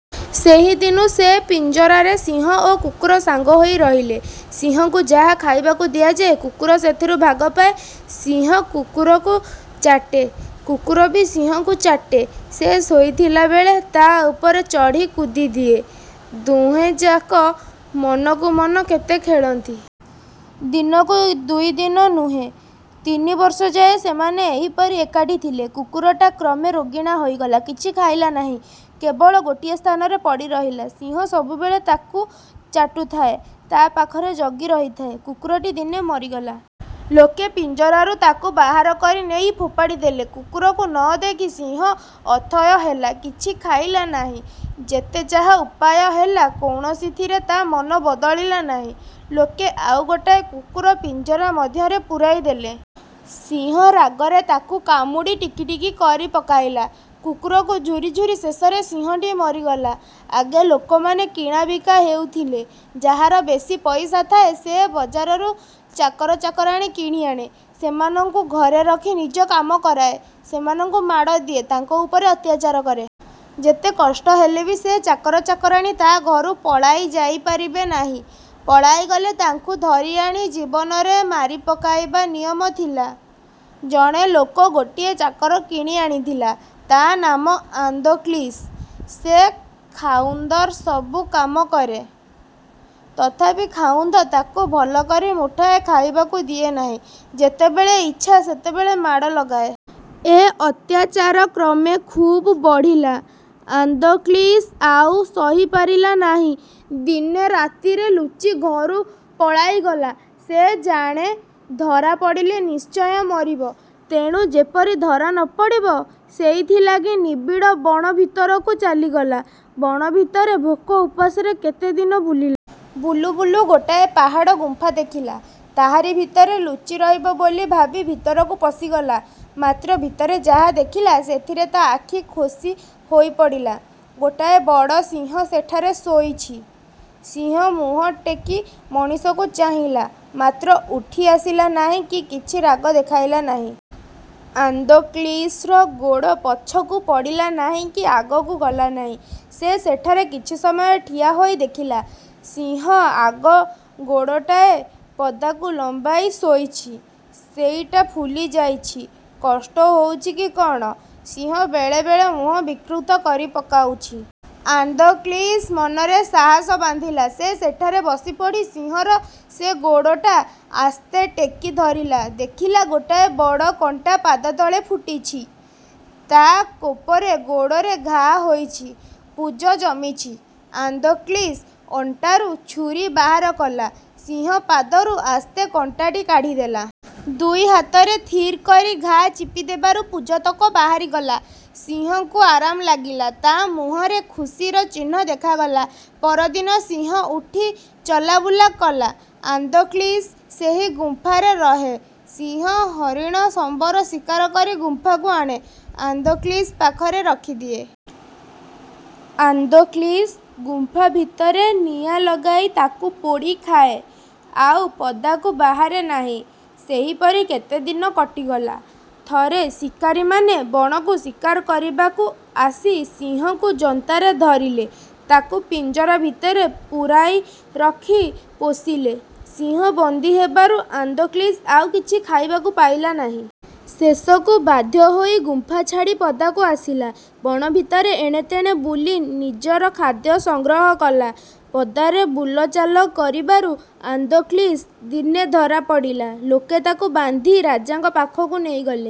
ସେହି ଦିନୁ ସେ ପିଞ୍ଜରାରେ ସିଂହ ଓ କୁକୁର ସାଙ୍ଗ ହୋଇ ରହିଲେ। ସିଂହକୁ ଯାହା ଖାଇବାକୁ ଦିଆଯାଏ, କୁକୁର ସେଥିରୁ ଭାଗ ପାଏ। ସିଂହ କୁକୁରକୁ ଚାଟେ; କୁକୁର ବି ସିଂହକୁ ଚାଟେ। ସେ ଶୋଇଥିଲା ବେଳେ ତା'ଉପରେ ଚଢ଼ି କୁଦି ହୁଏ। ଦୁହେଁଯାକ ମନକୁ ମନ କେତେ ଖେଳନ୍ତି। ଦିନେ କି ଦୁଇ ଦିନ ନୁହେଁ, ତିନି ବର୍ଷଯାଏ ସେମାନେ ଏହିପରି ଏକାଠି ଥିଲେ। କୁକୁରଟା କ୍ରମେ ରୋଗିଣା ହୋଇଗଲା, କିଛି ଖାଇଲା ନାହିଁ-କେବଳ ଗୋଟିଏ ସ୍ଥାନରେ ପଡ଼ିରହିଲା। ସିଂହ ସବୁବେଳେ ତାକୁ ଚ। ଟୁଥାଏ, ତା' ପାଖରେ ଜଗି ରହିଥାଏ। କୁକୁରଟି ଦିନେ ମରିଗଲା। ଲୋକେ ପିଞ୍ଜରାରୁ ତାକୁ ବାହାର କରି ନେଇ ଫୋପାଡ଼ି ଦେଲେ। କୁକୁରକୁ ନ ଦେଖି ସିଂହ ଅଥୟ ହେଲା, କିଛି ଖାଇଲା ନ। ହିଁ। ଯେତେ ଯାହା ଉପାୟ ହେଲା, କୌଣସିଥିରେ ତା' ମନ ବଦଳିଲା ନାହିଁ। ଲୋକେ ଆଉ ଗୋଟାଏ କୁକୁର ପିଞ୍ଜରା ମଧ୍ୟରେ ପୁରାଇ ଦେଲେ। ସିଂହ ରାଗରେ ତାକୁ କାମୁଡ଼ି ଟିକିଟିକି କରି ପକାଇଲା। କୁକୁରକୁ ଝୁରିଝୁରି ଶେଷରେ ସିଂହଟି ମରିଗଲା। ଆଗେ ଲୋକମାନେ କିଣାବିକା ହେଉଥିଲେ। ଯାହାର ବେଶୀ ପଇସା ଥାଏ, ସେ ବଜାରରୁ ଚାକର ଚାକରାଣୀ କିଣି ଆଣେ। ସେମାନଙ୍କୁ ଘରେ ରଖି ନିଜ କାମ କରାଏ। ସେମାନଙ୍କୁ ମାଡ଼ ଦିଏ, ତାଙ୍କ ଉପରେ ଅତ୍ୟାଚାର କରେ। ଯେତେ କଷ୍ଟ ହେଲେ ବି ସେ ଚାକର ଚାକରାଣୀ ତା' ଘରୁ ପଳାଇ ଯାଇପାରିବେ ନାହିଁ। ପଳାଇଗଲେ ତାଙ୍କୁ ଧରି ଆଣି ଜୀବନରେ ମାରିପକାଇବା ନିୟମ ଥିଲା। ଜଣେ ଲୋକ ଗୋଟିଏ ଚାକର କିଣି ଆଣିଥିଲା। ତା' ନାମ ଆନ୍ଦ୍ରୋକ୍ଳିସ। ସେ ଖାଉନ୍ଦର ସବୁ କାମ କରେ; ତଥାପି ଖାଉନ୍ଦ ତାକୁ ଭଲକରି ମୁଠାଏ ଖାଇବାକୁ ଦିଏ ନାହିଁ, ଯେତେବେଳେ ଇଚ୍ଛା ସେତେବେଳେ ମାଡ଼ ଲଗାଏ। ଏ ଅତ୍ୟାଚାର କ୍ରମେ ଖୁବ୍ ବଢ଼ିଲା। ଆନ୍ଦ୍ରୋକ୍ଳିସ ଆଉ ସହିପାରିଲା ନାହିଁ। ଦିନେ ରାତିରେ ଲୁଚି ଘରୁ ପଳାଇଗଲା। ସେ ଜାଣେ, ଧରାପଡ଼ିଲେ ନିଶ୍ଚୟ ମରିବ। ତେଣୁ ଯେପରି ଧରା ନ ପଡ଼ିବ, ସେଇଥିଲାଗି ନିବିଡ଼ ବଣ ଭିତରକୁ ଚାଲିଗଲା। ବଣ ଭିତରେ ଭୋକ ଉପାସରେ କେତେ ଦିନ ବୁଲିଲା। ବୁଲୁ ବୁଲୁ ଗୋଟାଏ ପାହାଡ଼ ଗୁମ୍ଫା ଦେଖିଲା, ତାହାରି ଭିତରେ ଲୁଚି ରହିବ ବୋଲି ଭାବି ଭିତରକୁ ପଶିଗଲା। ମାତ୍ର ଭିତରେ ଯାହା ଦେଖିଲା, ସେଥିରେ ତା' ଆଖି ଖୋସି ହୋଇପଡ଼ିଲା। ଗୋଟାଏ ବଡ ସିଂହ ସେଠାରେ ଶୋଇଛି। ସିଂହ ମୁହଁ ଟେକି ମଣିଷକୁ ଚାହିଁଲା; ମାତ୍ର ଉଠି ଆସିଲା ନାହିଁ କି କିଛି ରାଗ ଦେଖାଇଲା ନାହିଁ। ଆନ୍ଦ୍ରୋକ୍ଳିସର ଗୋଡ଼ ପଛକୁ ପଡ଼ିଲା ନାହିଁ କି ଆଗକୁ ଗଲା ନାହିଁ। ସେ ସେଠାରେ କିଛି ସମୟ ଠିଆ ହୋଇ ଦେଖିଲା, ସିଂହ ଆଗ ଗୋଡ଼ଟାଏ ପଦାକୁ ଲମ୍ବାଇ ଶୋଇଛି, ସେଇଟା ଫୁଲି ଯାଇଛି। କଷ୍ଟ ହେଉଛି କି କ'ଣ, ସିଂହ ବେଳେବେଳେ ମୁହଁ ବିକୃତ କରି ପକାଉଛି। ଆନ୍ଦ୍ରୋକ୍ଳିସ ମନରେ ସାହସ ବାନ୍ଧିଲା। ସେ ସେଠାରେ ବସି ପଡ଼ି ସିଂହର ସେ ଗୋଡ଼ଟା ଆସ୍ତେ ଟେକି ଧରିଲା। ଦେଖିଲା, ଗୋଟାଏ ବଡ଼ କଣ୍ଟା ପାଦତଳେ ଫୁଟିଛି; ତା' କୋପରେ ଗୋଡ଼ରେ ଘା ହୋଇଛି, ପୁଜ ଜମିଛି। ଆନ୍ଦ୍ରୋକ୍ଳିସ ଅଣ୍ଟାରୁ ଛୁରୀ ବାହାର କଲା। ସିଂହ ପାଦରୁ ଆସ୍ତେ କଣ୍ଟାଟି କାଢ଼ିଦେଲା। ଦୁଇ ହାତରେ ଥିର୍ କରି ଘା ଚିପି ଦେବାରୁ ପୁଜତକ ବାହାରିଗଲା। ସିଂହକୁ ଆରାମ ଲାଗିଲା; ତା' ମୁହଁରେ ଖୁସିର ଚିହ୍ନ ଦେଖାଗଲା। ପରଦିନ ସିଂହ ଉଠି ଚାଲବୁଲ କଲା। ଆନ୍ଦ୍ରୋକ୍ଳିସ ସେହି ଗୁମ୍ପାରେ ରହେ। ସିଂହ, ହରିଣ, ସମ୍ବର ଶିକାର କରି ଗୁମ୍ପାକୁ ଆଣେ; ଆନ୍ଦ୍ରୋକ୍ଳିସ ପାଖରେ ରଖିଦିଏ। ଆନ୍ଦ୍ରୋକ୍ଳିସ ଗୁମ୍ଫା ଭିତରେ ନିଆଁ ଲଗାଇ ତାକୁ ପୋଡ଼ି ଖାଏ। ଆଉ ପଦାକୁ ବାହାରେ ନାହିଁ। ଏହିପରି କେତେକ ଦିନ କଟିଗଲା। ଥରେ ଶିକାରୀମାନେ ବଣକୁ ଶିକାର କରିବାକୁ ଆସି ସିଂହକୁ ଜନ୍ତାରେ ଧଇଲେ; ତାକୁ ପିଞ୍ଜରା ଭିତରେ ପୂରାଇ ରଖି ପୋଷିଲେ। ସିଂହ ବନ୍ଦୀ ହେବାରୁ ଆନ୍ଦ୍ରୋକ୍ଳିସ ଆଉ କିଛି ଖାଇବାକୁ ପାଇଲା ନାହିଁ। ଶେଷକୁ ବାଧ୍ୟ ହୋଇ ଗୁମ୍ଫା ଛାଡ଼ି ପଦାକୁ ଆସିଲା। ବଣ ଭିତରେ ଏଣେ ତେଣେ ବୁଲି ନିଜର ଖାଦ୍ୟ ସଂଗ୍ରହ କଲା। ପଦାରେ ବୁଲଚାଲ କରିବାରୁ ଆନ୍ଦ୍ରୋକ୍ଳିସ। ଦିନେ ଧରା ପଡ଼ିଲା। ଲୋକେ ତାକୁ ବାନ୍ଧି ରାଜାଙ୍କ ପାଖକୁ ନେଇଗଲେ।